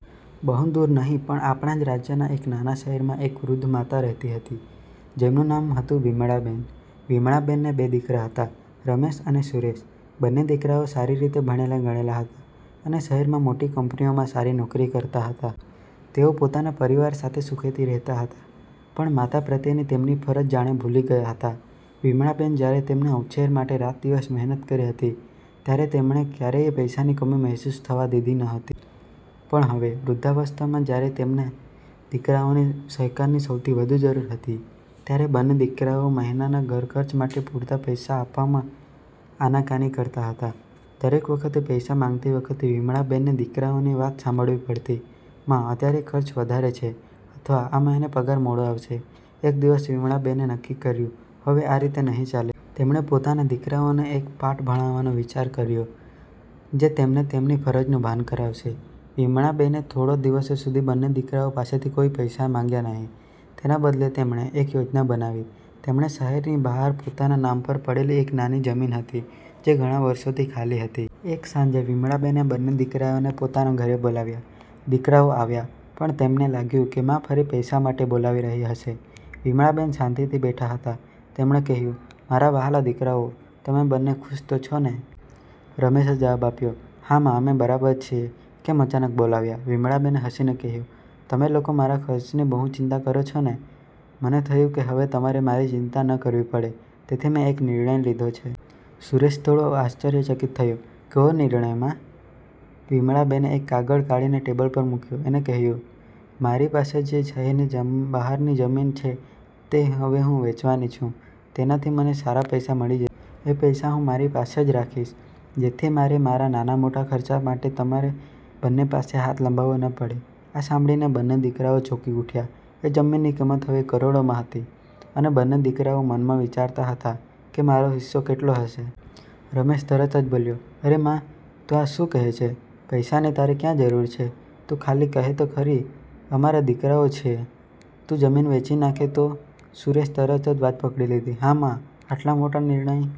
બહુ દૂર નહીં પણ આપણા જ રાજ્યના એક નાના શહેરમાં એક વૃદ્ધ માતા રહેતી હતી, જેમનું નામ હતું વિમળાબેન. વિમળાબેનને બે દીકરા હતા – રમેશ અને સુરેશ. બંને દીકરાઓ સારી રીતે ભણેલા-ગણેલા હતા અને શહેરમાં મોટી કંપનીઓમાં સારી નોકરી કરતા હતા. તેઓ પોતાના પરિવાર સાથે સુખેથી રહેતા હતા, પણ માતા પ્રત્યેની તેમની ફરજ જાણે ભૂલી ગયા હતા. વિમળાબેન જ્યારે તેમના ઉછેર માટે રાત-દિવસ મહેનત કરી હતી, ત્યારે તેમણે ક્યારેય પૈસાની કમી મહેસૂસ થવા દીધી નહોતી. પણ હવે, વૃદ્ધાવસ્થામાં જ્યારે તેમને દીકરાઓના સહકારની સૌથી વધુ જરૂર હતી, ત્યારે બંને દીકરાઓ મહિનાના ઘરખર્ચ માટે પૂરતા પૈસા આપવામાં આનાકાની કરતા હતા. દરેક વખતે પૈસા માંગતી વખતે વિમળાબેનને દીકરાઓની વાત સાંભળવી પડતી: મા, અત્યારે ખર્ચ વધારે છે, અથવા "આ મહિને પગાર મોડો આવશે" એક દિવસ વિમળાબેને નક્કી કર્યું કે હવે આ રીતે નહીં ચાલે. તેમણે પોતાના દીકરાઓને એક પાઠ ભણાવવાનો વિચાર કર્યો, જે તેમને તેમની ફરજનું ભાન કરાવે. વિમળાબેને થોડા દિવસો સુધી બંને દીકરાઓ પાસેથી કોઈ પૈસા માંગ્યા નહીં. તેના બદલે, તેમણે એક યોજના બનાવી. તેમણે શહેરની બહાર પોતાના નામ પર પડેલી એક નાની જમીન હતી, જે ઘણા વર્ષોથી ખાલી હતી. એક સાંજે વિમળાબેને બંને દીકરાઓને પોતાના ઘરે બોલાવ્યા. દીકરાઓ આવ્યા, પણ તેમને લાગ્યું કે મા ફરી પૈસા માટે બોલાવી રહી હશે. વિમળાબેન શાંતિથી બેઠા હતા. તેમણે કહ્યું, મારા વહાલા દીકરાઓ, તમે બંને ખુશ તો છો ને? રમેશે જવાબ આપ્યો, હા મા, અમે બરાબર છીએ. કેમ અચાનક બોલાવ્યા? વિમળાબેને હસીને કહ્યું, તમે લોકો મારા ખર્ચની બહુ ચિંતા કરો છો. મને થયું કે હવે તમારે મારી ચિંતા ન કરવી પડે, તેથી મેં એક નિર્ણય લીધો છે. સુરેશ થોડો આશ્ચર્યચકિત થયો, કેવો નિર્ણય, મા? વિમળાબેને એક કાગળ કાઢીને ટેબલ પર મૂક્યો અને કહ્યું, મારી પાસે જે શહેરની બહારની જમીન છે, તે હવે હું વેચવાની છું. તેનાથી મને સારા પૈસા મળી જશે. એ પૈસા હું મારી પાસે જ રાખીશ, જેથી મારે મારા નાના-મોટા ખર્ચા માટે તમારા બંને પાસે હાથ લંબાવવો ન પડે. આ સાંભળીને બંને દીકરાઓ ચોંકી ઉઠ્યા. એ જમીનની કિંમત હવે કરોડોમાં હતી, અને બંને દીકરાઓ મનમાં વિચારતા હતા કે મારો હિસ્સો કેટલો હશે. રમેશ તરત જ બોલ્યો, અરે મા! તું આ શું કહે છે? પૈસાની તારે ક્યાં જરૂર છે? તું ખાલી કહે તો ખરી! અમારા દીકરાઓ છીએ! તું જમીન વેચી નાખે તો! સુરેશે તરત જ વાત પકડી લીધી, હા મા, આટલા મોટા નિર્ણય